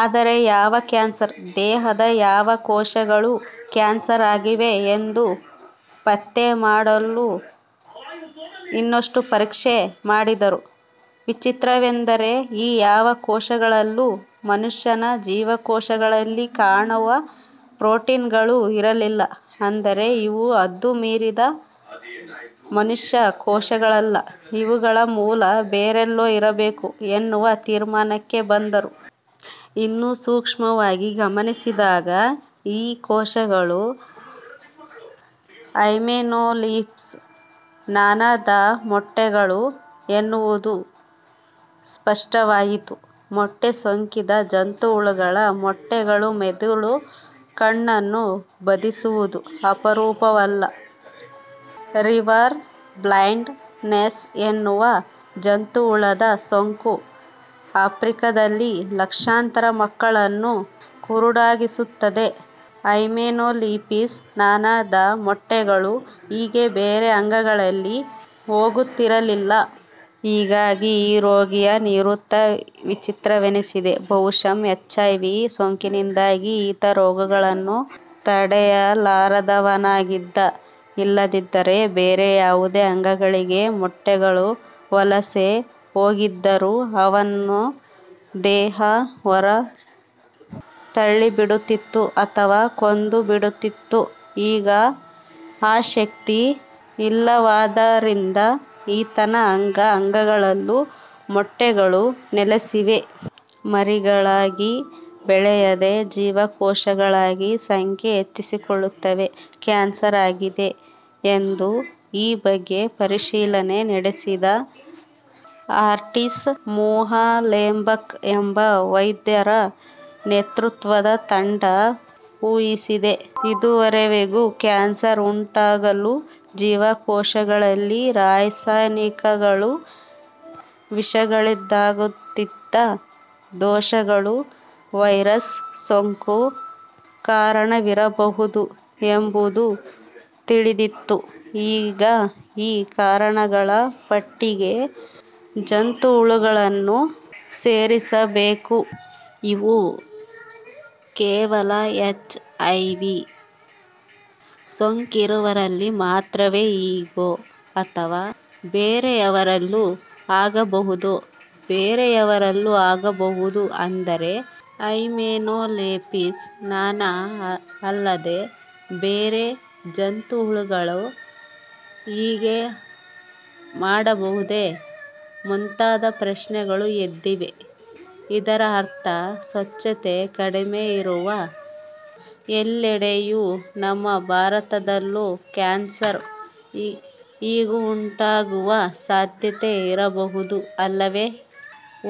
ಆದರೆ ಯಾವ ಕ್ಯಾನ್ಸರ್? ದೇಹದ ಯಾವ ಕೋಶಗಳು ಕ್ಯಾನ್ಸರ್ ಆಗಿವೆ ಎಂದು ಪತ್ತೆ ಮಾಡಲು ಇನ್ನಷ್ಟು ಪರೀಕ್ಷೆ ಮಾಡಿದರು. ವಿಚಿತ್ರವೆಂದರೆ ಈ ಯಾವ ಕೋಶಗಳಲ್ಲೂ ಮನುಷ್ಯನ ಜೀವಕೋಶಗಳಲ್ಲಿ ಕಾಣುವ ಪ್ರೊಟೀನುಗಳು ಇರಲಿಲ್ಲ. ಅಂದರೆ ಇವು ಹದ್ದು ಮೀರಿದ ಮನುಷ್ಯ ಕೋಶಗಳಲ್ಲ. ಇವುಗಳ ಮೂಲ ಬೇರೆಲ್ಲೋ ಇರಬೇಕು ಎನ್ನುವ ತೀರ್ಮಾನಕ್ಕೆ ಬಂದರು. ಇನ್ನೂ ಸೂಕ್ಷ್ಮವಾಗಿ ಗಮನಿಸಿದಾಗ ಈ ಕೋಶಗಳು ಹೈಮೆನೋಲೆಪಿಸ್ ನಾನಾ ದ ಮೊಟ್ಟೆಗಳು ಎನ್ನುವುದು ಸ್ಪಷ್ಟವಾಯಿತು. ಹೊಟ್ಟೆ ಸೋಂಕಿದ ಜಂತುಹುಳುಗಳ ಮೊಟ್ಟೆಗಳು ಮಿದುಳು, ಕಣ್ಣನ್ನು ಬಾಧಿಸುವುದು ಅಪರೂಪವಲ್ಲ. ರಿವರ್ ಬ್ಲೈಂಡ್ ನೆಸ್ ಎನ್ನುವ ಜಂತುಹುಳದ ಸೋಂಕು ಆಫ್ರಿಕಾದಲ್ಲಿ ಲಕ್ಷಾಂತರ ಮಕ್ಕಳನ್ನು ಕುರುಡಾಗಿಸುತ್ತದೆ. ಹೈಮೆನೋಲೆಪಿಸ್ ನಾನಾ ದ ಮೊಟ್ಟೆಗಳು ಹೀಗೆ ಬೇರೆ ಅಂಗಗಳಿಗೆ ಹೋಗುತ್ತಿರಲಿಲ್ಲ. ಹೀಗಾಗಿ ಈ ರೋಗಿಯ ವೃತ್ತಾಂತ ವಿಚಿತ್ರವೆನ್ನಿಸಿದೆ. ಬಹುಶಃ ಎಚ್ ಐ ವಿ ಸೋಂಕಿನಿಂದಾಗಿ ಈತ ರೋಗಗಳನ್ನು ತಡೆಯಲಾರದವನಾಗಿದ್ದ. ಇಲ್ಲದಿದ್ದರೆ ಬೇರೆ ಯಾವುದೇ ಅಂಗಗಳಿಗೆ ಮೊಟ್ಟೆಗಳು ವಲಸೆ ಹೋಗಿದ್ದರೂ ಅವನ್ನು ದೇಹ ಹೊರ ತಳ್ಳಿಬಿಡುತ್ತಿತ್ತು. ಅಥವಾ ಕೊಂದು ಬಿಡುತ್ತಿತ್ತು. 'ಈಗ ಆ ಶಕ್ತಿ ಇಲ್ಲವಾದ್ದರಿಂದ ಈತನ ಅಂಗ ಅಂಗಗಳಲ್ಲೂ ಮೊಟ್ಟೆಗಳು ನೆಲೆಸಿವೆ. ಮರಿಗಳಾಗಿ ಬೆಳೆಯದೆ ಜೀವಕೋಶಗಳಾಗಿ ಸಂಖ್ಯೆ ಹೆಚ್ಚಿಸಿಕೊಳ್ಳುತ್ತಿವೆ. ಕ್ಯಾನ್ಸರ್ ಆಗಿದೆ' ಎಂದು ಈ ಬಗ್ಗೆ ಪರಿಶೀಲನೆ ನಡೆಸಿದ ಅಟೀಸ್ ಮುಯಲೆಂಬಾಕ್ ಎಂಬ ವೈದ್ಯರ ನೇತೃತ್ವದ ತಂಡ ಊಹಿಸಿದೆ. ಇದುವರೆವಿಗೂ ಕ್ಯಾನ್ಸರ್ ಉಂಟಾಗಲು ಜೀವಕೋಶಗಳಲ್ಲಿ ರಾಸಾಯನಿಕಗಳು, ವಿಷಗಳಿಂದಾಗುತ್ತಿದ್ದ ದೋಷಗಳು, ವೈರಸ್ ಸೋಂಕು ಕಾರಣವಿರಬಹುದು ಎಂಬುದು ತಿಳಿದಿತ್ತು. ಈಗ ಈ ಕಾರಣಗಳ ಪಟ್ಟಿಗೆ ಜಂತುಹುಳುಗಳನ್ನೂ ಸೇರಿಸಬೇಕು. ಇವು ಕೇವಲ ಎಚ್ ಐ ವಿ. ಸೋಂಕಿರುವವರಲ್ಲಿ ಮಾತ್ರವೇ ಹೀಗೋ? ಅಥವಾ ಬೇರೆಯವರಲ್ಲೂ ಆಗಬಹುದೋ. ಬೇರೆಯವರಲ್ಲೂ ಆಗಬಹುದು ಎಂದರೆ ಹೈಮೆನೊಲೆಪಿಸ್ ನಾನಾ ಅಲ್ಲದೆ ಬೇರೆ ಜಂತುಹುಳುಗಳೂ ಹೀಗೆ ಮಾಡಬಹುದೇ? ಮುಂತಾದ ಪ್ರಶ್ನೆಗಳು ಎದ್ದಿವೆ. ಇದರ ಅರ್ಥ ಸ್ವಚ್ಛತೆ ಕಡಿಮೆ ಇರುವ ಎಲ್ಲೆಡೆಯೂ, ನಮ್ಮ ಭಾರತದಲ್ಲೂ, ಕ್ಯಾನ್ಸರ್ ಹೀಗುಂಟಾಗುವ ಸಾಧ್ಯತೆ ಇರಬಹುದು ಅಲ್ಲವೇ?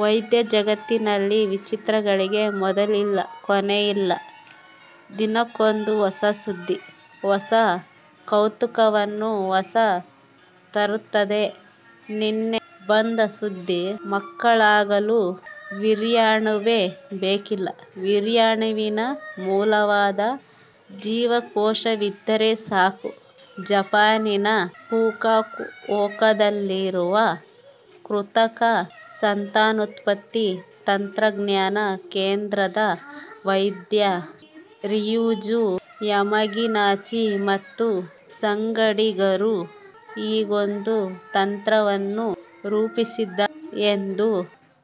ವೈದ್ಯ ಜಗತ್ತಿನಲ್ಲಿ ವಿಚಿತ್ರಗಳಿಗೆ ಮೊದಲಿಲ್ಲ, ಕೊನೆಯಿಲ್ಲ. ದಿನಕ್ಕೊಂದು ಹೊಸ ಸುದ್ದಿ. ಹೊಸ ಕೌತುಕವನ್ನು ಹೊತ್ತು ತರುತ್ತದೆ. ನಿನ್ನೆ ಬಂದ ಸುದ್ದಿ. ಮಕ್ಕಳಾಗಲು ವೀರ್ಯಾಣುವೇ ಬೇಕಿಲ್ಲ. ವೀರ್ಯಾಣುವಿನ ಮೂಲವಾದ ಜೀವಕೋಶವಿದ್ದರೆ ಸಾಕು. ಜಪಾನಿನ ಫುಕುವೋಕಾದಲ್ಲಿರುವ ಕೃತಕ ಸಂತಾನೋತ್ಪತ್ತಿ ತಂತ್ರಜ್ಞಾನ ಕೇಂದ್ರದ ವೈದ್ಯ ರಿಯುಜೊ ಯಮಗಿನಾಚಿ ಮತ್ತು ಸಂಗಡಿಗರು ಹೀಗೊಂದು ತಂತ್ರವನ್ನು ರೂಪಿಸಿದ್ದಾರೆ ಎಂದು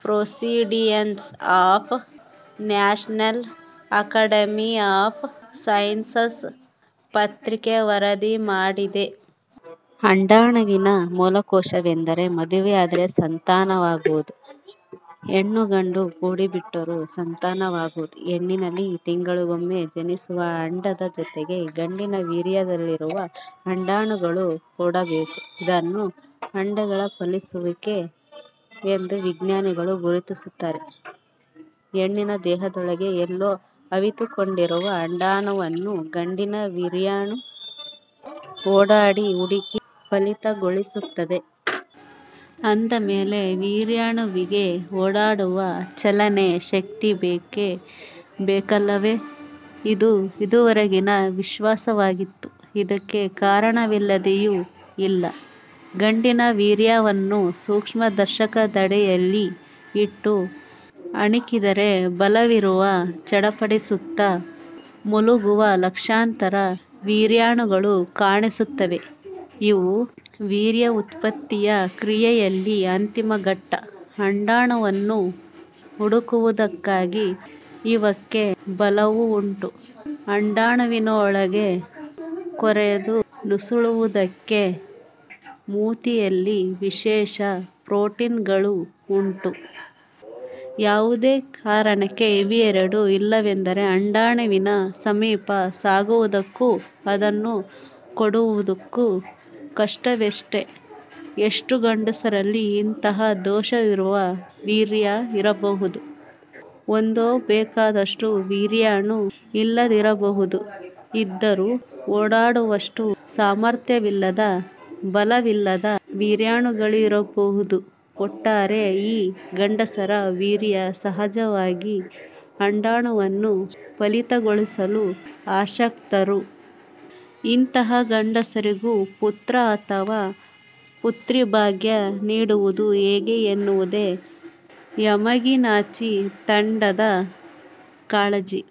Proceedings of National Academy of Sciences ಪತ್ರಿಕೆ ವರದಿ ಮಾಡಿದೆ. ವೀರ್ಯಾಣುವಿನ ಮೂಲಕೋಶ ಎಂದರೆ? ಮದುವೆಯಾದರೆ ಸಂತಾನವಾಗದು. ಹೆಣ್ಣು, ಗಂಡು ಕೂಡಿಬಿಟ್ಟರೂ ಸಂತಾನವಾಗದು. ಹೆಣ್ಣಿನಲ್ಲಿ ತಿಂಗಳಿಗೊಮ್ಮೆ ಜನಿಸುವ ಅಂಡದ ಜೊತೆಗೆ ಗಂಡಿನ ವೀರ್ಯದಲ್ಲಿರುವ ವೀರ್ಯಾಣುಗಳು ಕೂಡಬೇಕು. ಇದನ್ನು ಅಂಡಗಳ ಫಲಿಸುವಿಕೆ ಎಂದು ವಿಜ್ಞಾನಿಗಳು ಗುರುತಿಸುತ್ತಾರೆ. ಹೆಣ್ಣಿನ ದೇಹದೊಳಗೆ ಎಲ್ಲೋ ಅವಿತುಕೊಂಡಿರುವ ಅಂಡಾಣುವನ್ನು ಗಂಡಿನ ವೀರ್ಯಾಣು ಓಡಾಡಿ ಹುಡುಕಿ ಫಲಿತಗೊಳಿಸುತ್ತದೆ. ಅಂದ ಮೇಲೆ ವೀರ್ಯಾಣುವಿಗೆ ಓಡಾಡುವ, ಚಲನೆಯ ಶಕ್ತಿ ಬೇಕೇ ಬೇಕಲ್ಲವೇ? ಇದು ಇದುವರೆಗಿನ ವಿಶ್ವಾಸವಾಗಿತ್ತು. ಇದಕ್ಕೆ ಕಾರಣವಿಲ್ಲದೆಯೂ ಇಲ್ಲ. ಗಂಡಿನ ವೀರ್ಯವನ್ನು ಸೂಕ್ಷ್ಮದರ್ಶಕದಡಿಯಲ್ಲಿ ಇಟ್ಟು ಹಣಿಕಿದರೆ ಬಾಲವಿರುವ, ಚಡಪಡಿಸುತ್ತ ಮುಲುಗುವ ಲಕ್ಷಾಂತರ ವೀರ್ಯಾಣುಗಳು ಕಾಣಿಸುತ್ತವೆ. ಇವು ವೀರ್ಯೋತ್ಪತ್ತಿಯ ಕ್ರಿಯೆಯಲ್ಲಿ ಅಂತಿಮ ಘಟ್ಟ. ಅಂಡಾಣುವನ್ನು ಹುಡುಕುವುದಕ್ಕೆ ಇವಕ್ಕೆ ಬಾಲವುಂಟು, ಅಂಡಾಣುವಿನೊಳಗೆ ಕೊರೆದು ನುಸುಳುವುದಕ್ಕೆ ಮೂತಿಯಲ್ಲಿ ವಿಶೇಷ ಪ್ರೊಟೀನುಗಳೂ ಉಂಟು. ಯಾವುದೇ ಕಾರಣಕ್ಕೆ ಇವೆರಡೂ ಇಲ್ಲವೆಂದರೆ ಅಂಡಾಣುವಿನ ಸಮೀಪ ಸಾಗುವುದಕ್ಕೂ, ಅದನ್ನು ಕೂಡುವುದಕ್ಕೂ ಕಷ್ಟವಷ್ಟೆ! ಎಷ್ಟೋ ಗಂಡಸರಲ್ಲಿ ಇಂತಹ ದೋಷವಿರುವ ವೀರ್ಯ ಇರಬಹುದು. ಒಂದೋ ಬೇಕಾದಷ್ಟು ವೀರ್ಯಾಣು ಇಲ್ಲದಿರಬಹುದು. ಇದ್ದರೂ ಓಡಾಡುವಷ್ಟು ಸಾಮರ್ಥ್ಯವಿಲ್ಲದ, ಬಾಲವಿಲ್ಲದ ವೀರ್ಯಾಣುಗಳಿರಬಹುದು. ಒಟ್ಟಾರೆ ಈ ಗಂಡಸರ ವೀರ್ಯ ಸಹಜವಾಗಿ ಅಂಡಾಣುವನ್ನು ಫಲಿತಗೊಳಿಸಲು ಅಶಕ್ತರು. ಇಂತಹ ಗಂಡಸರಿಗೂ ಪುತ್ರ ಅಥವಾ ಪುತ್ರಿಭಾಗ್ಯ ನೀಡುವುದು ಹೇಗೆ ಎನ್ನುವುದೇ ಯಮಗಿನಾಚಿ ತಂಡದ ಕಾಳಜಿ.